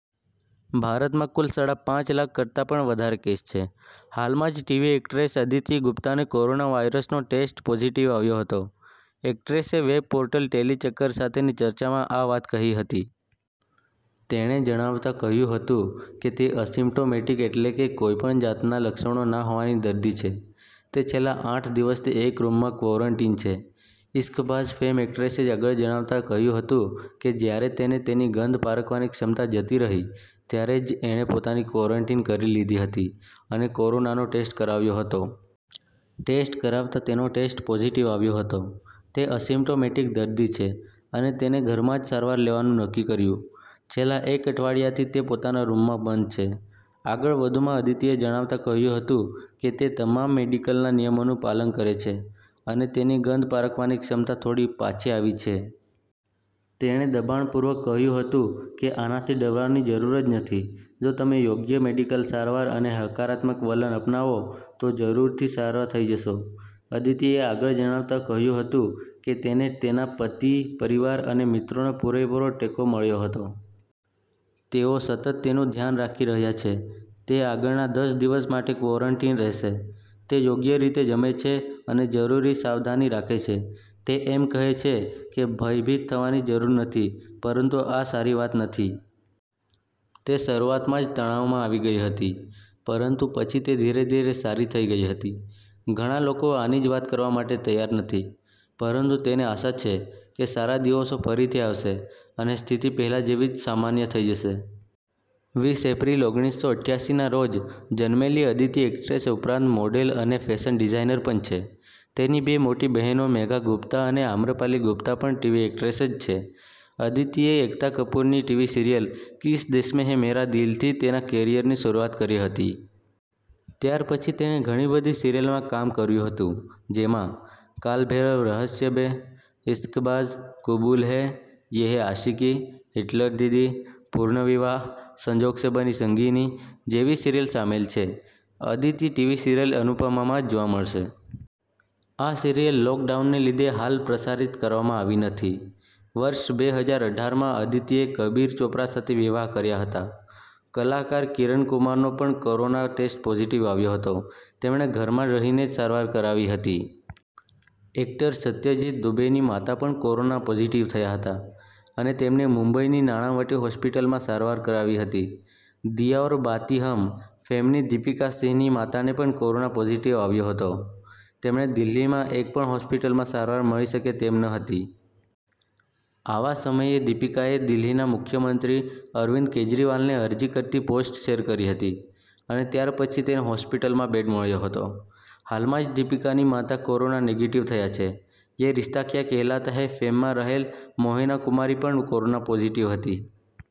ભારતમાં કુલ સાડા પાંચ લાખ કરતાં પણ વધારે કેસ છે. હાલમાં જ ટીવી એક્ટ્રેસ અદિતી ગુપ્તાને કોરોના વાઈરસનો ટેસ્ટ પોઝિટિવ આવ્યો હતો. એક્ટ્રેસે વેબ પોર્ટલ ટેલિ ચક્કર સાથેની ચર્ચામાં આ વાત કહી હતી. તેણે જણાવતાં કહ્યું હતું, કે તે અસિમ્પ્ટોમેટિક એટલે કે કોઈપણ જાતના લક્ષણો ના હોવાની દર્દી છે. તે છેલ્લાં આઠ દિવસથી એક રૂમમાં ક્વૉરન્ટીન છે. 'ઈશ્કબાઝ' ફૅમ એક્ટ્રેસે આગળ જણાવતાં કહ્યું હતું, કે જ્યારે તેને તેની ગંધ પારખવાની ક્ષમતા જતી રહી, ત્યારે જ એણે પોતાને ક્વૉરન્ટીન કરી લીધી હતી, અને કોરોનાનો ટેસ્ટ કરાવ્યો હતો. ટેસ્ટ કરાવતાં તેનો ટેસ્ટ પોઝિટિવ આવ્યો હતો. તે અસિમ્પ્ટોમેટિક દર્દી છે, અને તેણે ઘરમાં જ સારવાર લેવાનું નક્કી કર્યું. છેલ્લાં એક અઠવાડિયાંથી તે પોતાના રૂમમાં બંધ છે. આગળ વધુમાં અદિતીએ જણાવતાં કહ્યું હતું, કે તે તમામ મેડિકલનાં નિયમોનું પાલન કરે છે, અને તેની ગંધ પારખવાની ક્ષમતા થોડી પાછી આવી છે. તેણે દબાણપૂર્વક કહ્યું હતું, કે આનાથી ડરવાની જરૂર જ નથી. જો તમે યોગ્ય મેડિકલ સારવાર અને હકારાત્મક વલણ અપનાવો તો જરૂરથી સારા થઈ જશો. અદિતીએ આગળ જણાવતાં કહ્યું હતું, કે તેને તેનાં પતિ, પરિવાર અને મિત્રોનો પૂરેપુરો ટેકો મળ્યો હતો. તેઓ સતત તેનું ધ્યાન રાખી રહ્યાં છે. તે આગળનાં દસ દિવસ માટે ક્વૉરન્ટીન રહેશે. તે યોગ્ય રીતે જમે છે, અને જરૂરી સાવધાની રાખે છે. તે એમ કહે છે, કે ભયભીત થવાની જરૂર નથી, પરંતુ આ સારી વાત નથી. તે શરૂઆતમાં જ તણાવમાં આવી ગઈ હતી. પરંતુ પછી તે ધીરે-ધીરે સારી થઈ ગઈ હતી. ઘણાં લોકો આની જ વાત કરવા માટે તૈયાર નથી, પરંતુ તેને આશા છે, કે સારા દિવસો ફરીથી આવશે અને સ્થિતિ પહેલાં જેવી જ સામાન્ય થઈ જશે. વીસ એપ્રિલ, ઓગણીસસો ઈઠયાસીનાં રોજ જન્મેલી અદિતી એક્ટ્રેસ ઉપરાંત મોડેલ અને ફેશન ડિઝાઈનર પણ છે. તેની બે મોટી બહેનો મેઘા ગુપ્તા અને આમ્રપલી ગુપ્તા પણ ટીવી એક્ટ્રેસ જ છે. અદિતીએ એકતા કપૂરની ટીવી સિરિયલ 'કિસ દેશ મૈં હૈ મેરા દિલ'થી તેનાં કેરિયરની શરૂઆત કરી હતી. ત્યાર પછી તેણે ઘણીબધી સિરિયલમાં કામ કર્યું હતું, જેમાં 'કાલ ભૈરવ રહસ્ય બે', 'ઈશ્કબાઝ', 'કૂબૂલ હૈં', 'યે હૈં આશિકી', 'હિટલર દીદી', 'પુર્નવિવાહ', 'સંજોગ સે બની સંગીની' જેવી સીરીયલ સામેલ છે. અદિતી ટીવી સીરિયલ 'અનુપમા'માં જોવા મળશે. આ સિરિયલ લૉકડાઉનને લીધે હાલ પ્રસારિત કરવામાં આવી નથી. વર્ષ બે હજાર અઢારમાં અદિતીએ કબીર ચોપરા સાથે વિવાહ કર્યાં હતાં. કલાકાર કિરણ કુમારનો પણ કોરોના ટેસ્ટ પોઝિટિવ આવ્યો હતો. તેમણે ઘરમાં રહીને જ સારવાર કરાવી હતી. એક્ટર સત્યજીત દૂબેની માતા પણ કોરોના પોઝિટિવ થયાં હતાં, અને તેમણે મુંબઈની નાણાવટી હોસ્પિટલમાં સારવાર કરાવી હતી. 'દિયા ઔર બાતી હમ' ફૅમની દીપિકા સિંહની માતાને પણ કોરોના પોઝિટિવ આવ્યો હતો. તેમને દિલ્હીમાં એક પણ હોસ્પિટલમાં સારવાર મળી શકે તેમ ન હતી. આવાં સમયે દીપિકાએ દિલ્હીના મુખ્યમંત્રી અરવિંદ કેજરીવાલને અરજી કરતી પોસ્ટ શેર કરી હતી, અને ત્યાર પછી તેને હોસ્પિટલમાં બેડ મળ્યો હતો. હાલમાં જ દીપિકાની માતા કોરોના નેગેટિવ થયાં છે. 'યે રિશ્તા ક્યા કહેલાતા હૈં' ફૅમમાં રહેલ મોહેના કુમારી પણ કોરોના પોઝિટિવ હતી.